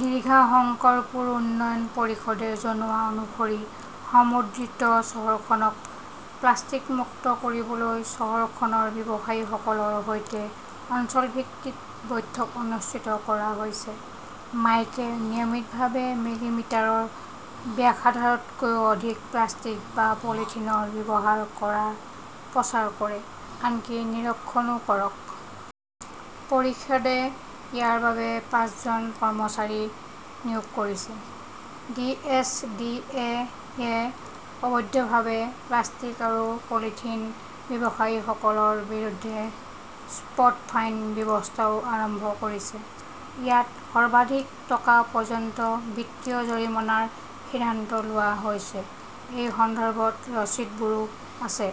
দীঘা-শংকৰপুৰ উন্নয়ন পৰিষদে জনোৱা অনুসৰি সমুদ্ৰতীৰ চহৰখনক প্লাষ্টিক মুক্ত কৰিবলৈ চহৰখনৰ ব্যৱসায়ীসকলৰ সৈতে অঞ্চলভিত্তিক বৈঠক অনুষ্ঠিত কৰা হৈছে। মাইকে নিয়মিতভাৱে মিলিমিটাৰ ব্যাসাৰ্ধতকৈ অধিক প্লাষ্টিক বা পলিথিন ব্যৱহাৰ কৰাৰ প্ৰচাৰ কৰে। আনকি নিৰীক্ষণও কৰক। পৰিষদে ইয়াৰ বাবে পাঁচজন কৰ্মচাৰী নিয়োগ কৰিছে। ডি. এছ. ডি. এ. য়ে অবৈধভাৱে প্লাষ্টিক আৰু পলিথিন ব্যৱহাৰকাৰীসকলৰ বিৰুদ্ধে 'স্পট ফাইন "ব্যৱস্থাও আৰম্ভ কৰিছে। ইয়াত সৰ্বাধিক টকা পৰ্যন্ত বিত্তীয় জৰিমনাৰ সিদ্ধান্ত লোৱা হৈছে। সেই সন্দৰ্ভত ৰচিদবোৰো আছে।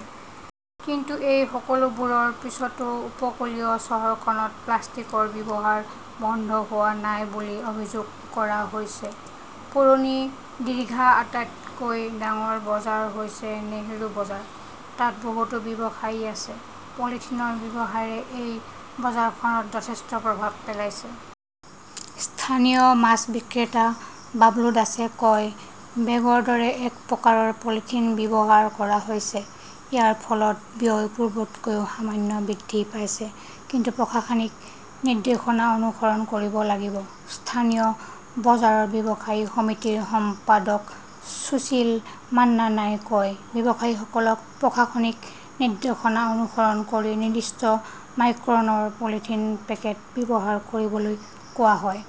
কিন্তু এই সকলোবোৰৰ পিছতো উপকূলীয় চহৰখনত প্লাষ্টিকৰ ব্যৱহাৰ বন্ধ হোৱা নাই বুলি অভিযোগ কৰা হৈছে। পুৰণি দিঘাৰ আটাইতকৈ ডাঙৰ বজাৰ হৈছে নেহৰু বজাৰ। তাত বহুতো ব্যৱসায়ী আছে। পলিথিনৰ ব্যৱহাৰে সেই বজাৰখনত যথেষ্ট প্ৰভাৱ পেলাইছিল। স্থানীয় মাছ বিক্ৰেতা বাবলু দাসে কয়, বেগৰ দৰে এক প্ৰকাৰৰ পলিথিন ব্যৱহাৰ কৰা হৈছে। ইয়াৰ ফলত ব্যয় পূৰ্বতকৈ সামান্য বৃদ্ধি পাইছে। কিন্তু প্ৰশাসনিক নিৰ্দেশনা অনুসৰণ কৰিব লাগিব। স্থানীয় বজাৰ ব্যৱসায়ী সমিতিৰ সম্পাদক সুশীল মাননাই কয়, ব্যৱসায়ীসকলক প্ৰশাসনিক নিৰ্দেশনা অনুসৰণ কৰি নিৰ্দিষ্ট মাইক্ৰনৰ পলিথিন পেকেট ব্যৱহাৰ কৰিবলৈ কোৱা হয়।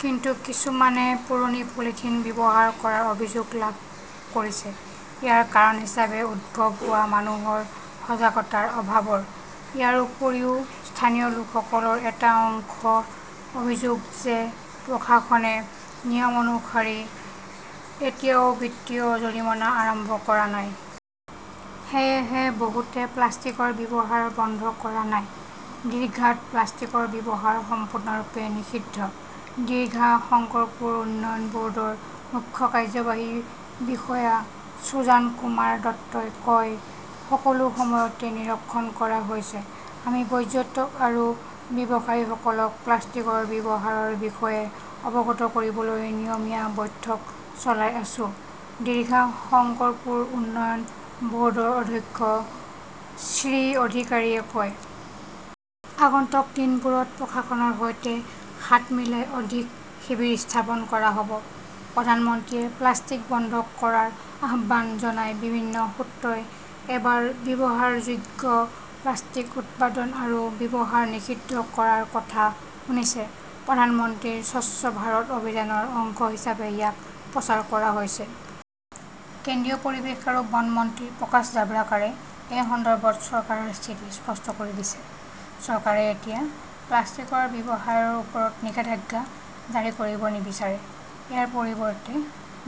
কিন্তু কিছুমানে পুৰণি পলিথিন ব্যৱহাৰ কৰাৰ অভিযোগ লাভ কৰিছে। ইয়াৰ কাৰণ হিচাপে উদ্ভৱ হোৱা মানুহৰ সজাগতাৰ অভাৱৰ । ইয়াৰ উপৰিও, স্থানীয় লোকসকলৰ এটা অংশৰ অভিযোগ যে প্ৰশাসনে নিয়ম অনুসৰি এতিয়াও বিত্তীয় জৰিমনা আৰম্ভ কৰা নাই। সেয়েহে বহুতে প্লাষ্টিকৰ ব্যৱহাৰ বন্ধ কৰা নাই। দীঘাত প্লাষ্টিকৰ ব্যৱহাৰ সম্পূৰ্ণৰূপে নিষিদ্ধ, দীঘা-শংকৰপুৰ উন্নয়ন ব'ৰ্ডৰ মুখ্য কাৰ্যবাহী বিষয়া সুজানকুমাৰ দত্তই কয়। সকলো সময়তে নিৰীক্ষণ কৰা হৈছে, আমি পৰ্যটক আৰু ব্যৱসায়ীসকলক প্লাষ্টিকৰ ব্যৱহাৰৰ বিষয়ে অৱগত কৰিবলৈ নিয়মীয়া বৈঠক চলাই আছো, ডিঘা-শংকৰপুৰ উন্নয়ন ব'ৰ্ডৰ অধ্যক্ষ শ্বিৰ অধিকাৰীয়ে কয়। আগন্তুক দিনবোৰত প্ৰশাসনৰ সৈতে হাত মিলাই অধিক শিবিৰ স্থাপন কৰা হ 'ব। প্ৰধানমন্ত্ৰীয়ে প্লাষ্টিক বন্ধ কৰাৰ আহ্বান জনায় বিভিন্ন সূত্ৰই এবাৰ ব্যৱহাৰযোগ্য প্লাষ্টিক উৎপাদন আৰু ব্যৱহাৰ নিষিদ্ধ কৰাৰ কথা শুনিছে। প্ৰধানমন্ত্ৰীৰ স্বচ্ছ ভাৰত অভিযানৰ অংশ হিচাপে ইয়াক প্ৰচাৰ কৰা হৈছে। কেন্দ্ৰীয় পৰিৱেশ আৰু বন মন্ত্ৰী প্ৰকাশ জাভড়েকাৰে এই সন্দৰ্ভত চৰকাৰৰ স্থিতি স্পষ্ট কৰি দিছে। চৰকাৰে এতিয়া প্লাষ্টিকৰ ব্যৱহাৰৰ ওপৰত নিষেধাজ্ঞা জাৰি কৰিব নিবিচাৰে। ইয়াৰ পৰিৱৰ্তে,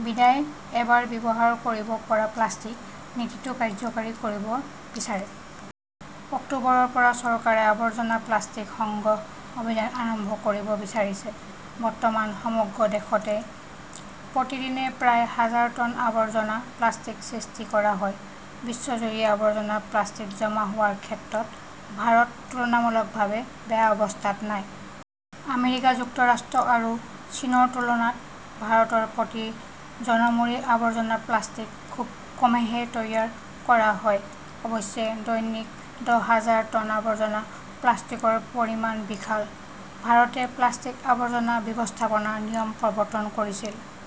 'বিদায় এবাৰ ব্যৱহাৰ কৰিব পৰা প্লাষ্টিক 'নীতিটো কাৰ্যকৰী কৰিব বিচাৰে। অক্টোবৰৰ পৰা চৰকাৰে আৱৰ্জনা প্লাষ্টিক সংগ্ৰহ অভিযান আৰম্ভ কৰিব বিচাৰিছে। বৰ্তমান সমগ্ৰ দেশতে প্ৰতিদিনে প্ৰায় হাজাৰ টন আৱৰ্জনা প্লাষ্টিক সৃষ্টি কৰা হয়। বিশ্বজুৰি আৱৰ্জনা প্লাষ্টিক জমা হোৱাৰ ক্ষেত্ৰত ভাৰত তুলনামূলকভাৱে বেয়া অৱস্থাত নাই। আমেৰিকা যুক্তৰাষ্ট্ৰ আৰু চীনৰ তুলনাত ভাৰতৰ প্ৰতি জনমূৰি আৱৰ্জনা প্লাষ্টিক খুব কমেইহে তৈয়াৰ কৰা হয়। অৱশ্যে, দৈনিক দহ হাজাৰ টন আৱৰ্জনা প্লাষ্টিকৰ পৰিমাণ বিশাল। ভাৰতে প্লাষ্টিক আৱৰ্জনা ব্যৱস্থাপনা নিয়ম প্ৰৱৰ্তন কৰিছিল।